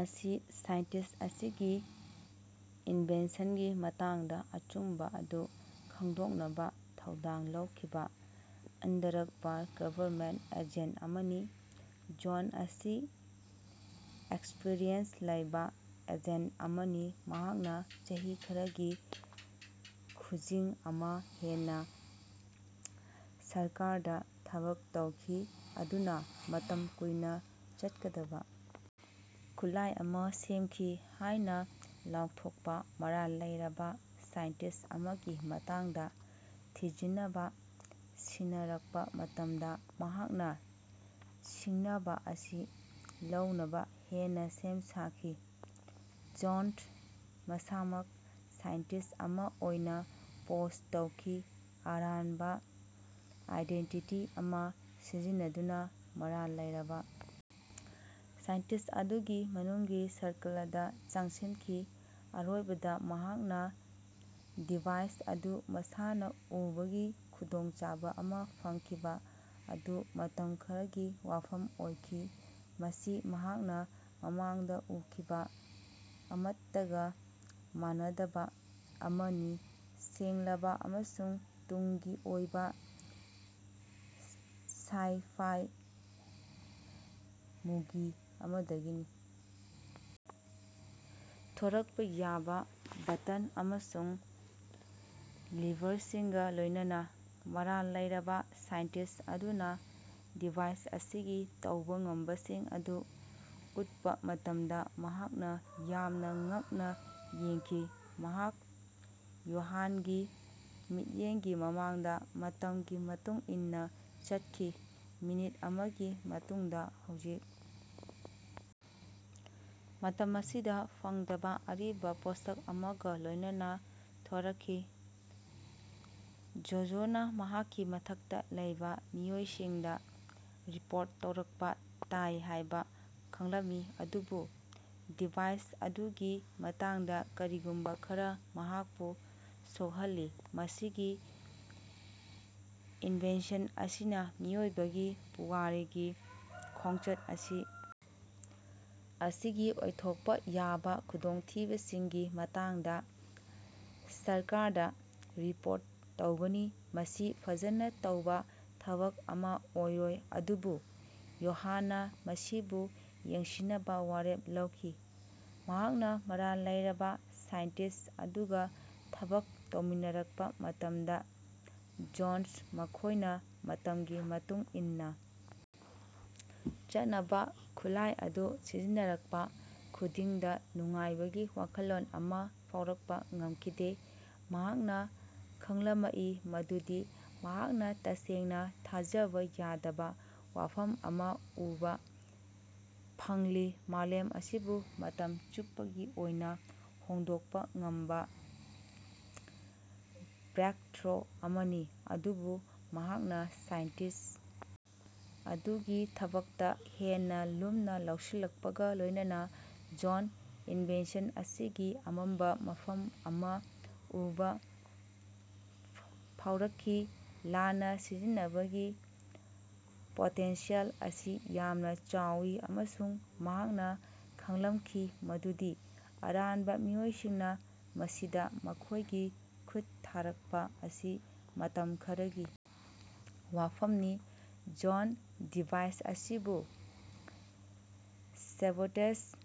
ꯑꯁꯤ ꯁꯥꯏꯟꯇꯤꯁꯠ ꯑꯁꯤꯒꯤ ꯏꯟꯚꯦꯟꯁꯟꯒꯤ ꯃꯇꯥꯡꯗ ꯑꯆꯨꯝꯕ ꯑꯗꯨ ꯈꯪꯗꯣꯛꯅꯕ ꯊꯧꯗꯥꯡ ꯂꯧꯈꯤꯕ ꯑꯟꯗꯔꯛꯚꯥꯔ ꯒꯕꯔꯅꯃꯦꯟꯇ ꯑꯦꯖꯦꯟꯇ ꯑꯃꯅꯤ꯫ ꯖꯣꯟ ꯑꯁꯤ ꯑꯦꯛꯁꯄꯔꯤꯌꯦꯟꯁ ꯂꯩꯕ ꯑꯦꯖꯦꯟꯇ ꯑꯃꯅꯤ, ꯃꯍꯥꯛꯅ ꯆꯍꯤ ꯈꯔꯒꯤ ꯈꯨꯖꯤꯡ ꯑꯃ ꯍꯦꯟꯅ ꯁꯔꯀꯥꯔꯗ ꯊꯕꯛ ꯇꯧꯈꯤ꯫ ꯑꯗꯨꯅ ꯃꯇꯝ ꯀꯨꯏꯅ ꯆꯠꯀꯗꯕ ꯈꯨꯠꯂꯥꯏ ꯑꯃ ꯁꯦꯝꯈꯤ ꯍꯥꯏꯅ ꯂꯥꯎꯊꯣꯛꯄ ꯃꯔꯥꯜ ꯂꯩꯔꯕ ꯁꯥꯏꯟꯇꯤꯁꯠ ꯑꯃꯒꯤ ꯃꯇꯥꯡꯗ ꯊꯤꯖꯤꯟꯅꯕ ꯁꯤꯟꯅꯔꯛꯄ ꯃꯇꯝꯗ ꯃꯍꯥꯛꯅ ꯁꯤꯡꯅꯕ ꯑꯁꯤ ꯂꯧꯅꯕ ꯍꯦꯟꯅ ꯁꯦꯝ ꯁꯥꯈꯤ꯫ ꯖꯣꯟꯗ ꯃꯁꯥꯃꯛ ꯁꯥꯏꯟꯇꯤꯁꯠ ꯑꯃ ꯑꯣꯏꯅ ꯄꯣꯖ ꯇꯧꯈꯤ, ꯑꯔꯥꯟꯕ ꯑꯥꯏꯗꯦꯟꯇꯤꯇꯤ ꯑꯃ ꯁꯤꯖꯤꯟꯅꯗꯨꯅ ꯃꯔꯥꯜ ꯂꯩꯔꯕ ꯁꯥꯏꯟꯇꯤꯁꯠ ꯑꯗꯨꯒꯤ ꯃꯅꯨꯡꯒꯤ ꯁꯔꯀꯂꯗ ꯆꯪꯁꯤꯟꯈꯤ꯫ ꯑꯔꯣꯏꯕꯗ ꯃꯍꯥꯛꯅ ꯗꯤꯚꯥꯏꯁ ꯑꯗꯨ ꯃꯁꯥꯅ ꯎꯕꯒꯤ ꯈꯨꯗꯣꯡꯆꯥꯕ ꯑꯃ ꯐꯪꯈꯤꯕ ꯑꯗꯨ ꯃꯇꯝ ꯈꯔꯒꯤ ꯋꯥꯐꯝ ꯑꯣꯏꯈꯤ꯫ ꯃꯁꯤ ꯃꯍꯥꯛꯅ ꯃꯃꯥꯡꯗ ꯎꯈꯤꯕ ꯑꯃꯠꯇꯒ ꯃꯥꯟꯅꯗꯕ ꯑꯃꯅꯤ- ꯁꯦꯡꯂꯕ ꯑꯃꯁꯨꯡ ꯇꯨꯡꯒꯤ ꯑꯣꯏꯕ, ꯁꯥꯏ-ꯐꯥꯏ ꯃꯨꯚꯤ ꯑꯃꯗꯒꯤ ꯊꯣꯔꯛꯄ ꯌꯥꯕ ꯕꯇꯟ ꯑꯃꯁꯨꯡ ꯂꯤꯚꯔꯁꯤꯡꯒ ꯂꯣꯏꯅꯅꯥ꯫ ꯃꯔꯥꯜ ꯂꯩꯔꯕꯥ ꯁꯥꯏꯟꯇꯤꯁꯠ ꯑꯗꯨꯅ ꯗꯤꯚꯥꯏꯁ ꯑꯁꯤꯒꯤ ꯇꯧꯕ ꯉꯝꯕꯁꯤꯡ ꯑꯗꯨ ꯎꯠꯄ ꯃꯇꯝꯗ ꯃꯍꯥꯛꯅ ꯌꯥꯝꯅ ꯉꯛꯅ ꯌꯦꯡꯈꯤ꯫ ꯃꯍꯥꯛ ꯌꯣꯍꯥꯟꯒꯤ ꯃꯤꯠꯌꯦꯡꯒꯤ ꯃꯃꯥꯡꯗ ꯃꯇꯝꯒꯤ ꯃꯇꯨꯡ ꯏꯟꯅ ꯆꯠꯈꯤ, ꯃꯤꯅꯤꯠ ꯑꯃꯒꯤ ꯃꯇꯨꯡꯗ ꯍꯧꯖꯤꯛ ꯃꯇꯝ ꯑꯁꯤꯗ ꯐꯪꯗꯕ ꯑꯔꯤꯕ ꯄꯣꯠꯁꯛ ꯑꯃꯒ ꯂꯣꯏꯅꯅ ꯊꯣꯔꯛꯈꯤ꯫ ꯖꯣꯖꯣꯅ ꯃꯍꯥꯛꯀꯤ ꯃꯊꯛꯇ ꯂꯩꯕ ꯃꯤꯑꯣꯏꯁꯤꯡꯗ ꯔꯤꯄꯣꯔꯠ ꯇꯧꯔꯛꯄ ꯇꯥꯏ ꯍꯥꯏꯕ ꯈꯪꯂꯝꯏ ꯑꯗꯨꯕꯨ ꯗꯤꯚꯥꯏꯁ ꯑꯗꯨꯒꯤ ꯃꯇꯥꯡꯗ ꯀꯔꯤꯒꯨꯝꯕ ꯈꯔꯥ ꯃꯍꯥꯛꯄꯨ ꯁꯣꯛꯍꯜꯂꯤ꯫ ꯃꯁꯤꯒꯤ ꯏꯟꯚꯦꯟꯁꯟ ꯑꯁꯤꯅ ꯃꯤꯑꯣꯏꯕꯒꯤ ꯄꯨꯋꯥꯔꯤꯒꯤ ꯈꯣꯡꯆꯠ ꯑꯁꯤ ꯑꯁꯤꯒꯤ ꯑꯣꯏꯊꯣꯛꯄ ꯌꯥꯕ ꯈꯨꯗꯣꯡꯊꯤꯕꯁꯤꯡꯒꯤ ꯃꯇꯥꯡꯗ ꯁꯔꯀꯥꯔꯗ ꯔꯤꯄꯣꯔꯠ ꯇꯧꯒꯅꯤ꯫ ꯃꯁꯤ ꯐꯖꯅ ꯇꯧꯕ ꯊꯕꯛ ꯑꯃ ꯑꯣꯏꯔꯣꯏ, ꯑꯗꯨꯕꯨ ꯌꯣꯍꯥꯟꯅ ꯃꯁꯤꯕꯨ ꯌꯦꯡꯁꯤꯟꯅꯕ ꯋꯥꯔꯦꯞ ꯂꯧꯈꯤ꯫ ꯃꯍꯥꯛꯅ ꯃꯔꯥꯜ ꯂꯩꯔꯕ ꯁꯥꯏꯟꯇꯤꯁꯠ ꯑꯗꯨꯒ ꯊꯕꯛ ꯇꯧꯃꯤꯟꯅꯔꯛꯄ ꯃꯇꯝꯗ, ꯖꯣꯟꯗ ꯃꯈꯣꯏꯅ ꯃꯇꯝꯒꯤ ꯃꯇꯨꯡ ꯏꯟꯅ ꯆꯠꯅꯕ ꯈꯨꯠꯂꯥꯏ ꯑꯗꯨ ꯁꯤꯖꯤꯟꯅꯔꯛꯄ ꯈꯨꯗꯤꯡꯗ ꯅꯨꯡꯉꯥꯏꯕꯒꯤ ꯋꯥꯈꯜꯂꯣꯟ ꯑꯃ ꯐꯥꯎꯔꯛꯄꯥ ꯉꯝꯈꯤꯗꯦ꯫ ꯃꯍꯥꯛꯅ ꯈꯪꯂꯃꯏ ꯃꯗꯨꯗꯤ ꯃꯍꯥꯛꯅ ꯇꯁꯦꯡꯅ ꯊꯥꯖꯕ ꯌꯥꯗꯕ ꯋꯥꯐꯝ ꯑꯃ ꯎꯕ ꯐꯪꯂꯤ- ꯃꯥꯂꯦꯝ ꯑꯁꯤꯕꯨ ꯃꯇꯝ ꯆꯨꯞꯄꯒꯤ ꯑꯣꯏꯅ ꯍꯣꯡꯗꯣꯛꯄ ꯉꯝꯕ ꯕ꯭ꯔꯦꯛꯊ꯭ꯔꯣ ꯑꯃꯅꯤ꯫ ꯑꯗꯨꯕꯨ ꯃꯍꯥꯛꯅ ꯁꯥꯏꯟꯇꯤꯁꯠ ꯑꯗꯨꯒꯤ ꯊꯕꯛꯇ ꯍꯦꯟꯅ ꯂꯨꯝꯅ ꯂꯧꯁꯤꯜꯂꯛꯄꯒ ꯂꯣꯏꯅꯅꯥ ꯖꯣꯟꯗ ꯏꯟꯚꯦꯟꯁꯟ ꯑꯁꯤꯒꯤ ꯑꯃꯝꯕ ꯃꯐꯝ ꯑꯃ ꯎꯕ ꯍꯧꯔꯛꯈꯤ꯫ ꯂꯥꯟꯅ ꯁꯤꯖꯤꯟꯅꯕꯒꯤ ꯄꯣꯇꯦꯟꯁꯤꯌꯦꯜ ꯑꯁꯤ ꯌꯥꯝꯅ ꯆꯥꯎꯏ, ꯑꯃꯁꯨꯡ ꯃꯍꯥꯛꯅ ꯈꯪꯂꯝꯈꯤ ꯃꯗꯨꯗꯤ ꯑꯔꯥꯟꯕ ꯃꯤꯑꯣꯏꯁꯤꯡꯅ ꯃꯁꯤꯗ ꯃꯈꯣꯏꯒꯤ ꯈꯨꯠ ꯊꯥꯔꯛꯄ ꯑꯁꯤ ꯃꯇꯝ ꯈꯔꯒꯤ ꯋꯥꯐꯝꯅꯤ꯫ ꯖꯣꯟꯗ ꯗꯤꯚꯥꯏꯁ ꯑꯁꯤꯕꯨ ꯁꯦꯕꯣꯇꯦꯖ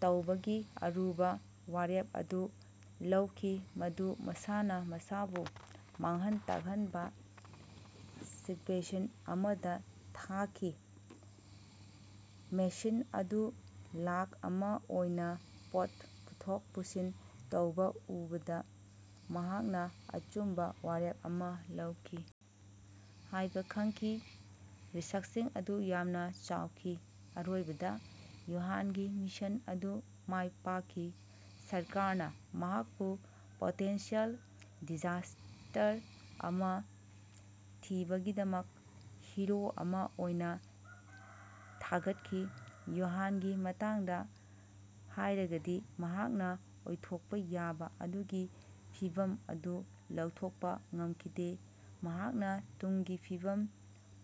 ꯇꯧꯕꯒꯤ ꯑꯔꯨꯕ ꯋꯥꯔꯦꯞ ꯑꯗꯨ ꯂꯧꯈꯤ, ꯃꯗꯨ ꯃꯁꯥꯅ ꯃꯁꯥꯕꯨ ꯃꯥꯡꯍꯟ ꯇꯥꯛꯍꯟꯕ ꯁꯤꯛꯕꯦꯟꯁ ꯑꯃꯗ ꯊꯥꯈꯤ꯫ ꯃꯦꯁꯤꯟ ꯑꯗꯨ ꯂꯥꯈ ꯑꯃ ꯑꯣꯏꯅ ꯄꯣꯠ ꯄꯨꯊꯣꯛ ꯄꯨꯁꯤꯟ ꯇꯧꯕ ꯎꯕꯗ ꯃꯍꯥꯛꯅ ꯑꯆꯨꯝꯕ ꯋꯥꯔꯦꯞ ꯑꯃ ꯂꯧꯈꯤ ꯍꯥꯏꯕ ꯈꯪꯈꯤ꯫ ꯔꯤꯁꯛꯁꯤꯡ ꯑꯗꯨ ꯌꯥꯝꯅ ꯆꯥꯎꯈꯤ꯫ ꯑꯔꯣꯏꯕꯗ ꯌꯣꯍꯥꯟꯒꯤ ꯃꯤꯁꯟ ꯑꯗꯨ ꯃꯥꯏꯄꯥꯛꯈꯤ꯫ ꯁꯔꯀꯥꯔꯅ ꯃꯍꯥꯛꯄꯨ ꯄꯣꯇꯦꯟꯁꯤꯌꯦꯜ ꯗꯤꯖꯥꯁꯇꯔ ꯑꯃ ꯊꯤꯡꯕꯒꯤꯗꯃꯛ ꯍꯤꯔꯣ ꯑꯃ ꯑꯣꯏꯅ ꯊꯥꯒꯠꯈꯤ꯫ ꯌꯣꯍꯥꯟꯒꯤ ꯃꯇꯥꯡꯗ ꯍꯥꯏꯔꯒꯗꯤ, ꯃꯍꯥꯛꯅ ꯑꯣꯏꯊꯣꯛꯄ ꯌꯥꯕ ꯑꯗꯨꯒꯤ ꯐꯤꯚꯝ ꯑꯗꯨ ꯂꯧꯊꯣꯛꯄ ꯉꯝꯈꯤꯗꯦ꯫ ꯃꯍꯥꯛꯅ ꯇꯨꯡꯒꯤ ꯐꯤꯕꯝ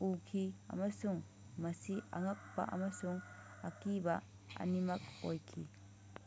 ꯎꯈꯤ- ꯑꯃꯁꯨꯡ ꯃꯁꯤ ꯑꯉꯛꯄꯥ ꯑꯃꯁꯨꯡ ꯑꯀꯤꯕ ꯑꯅꯤꯃꯛ ꯑꯣꯏꯈꯤ꯫।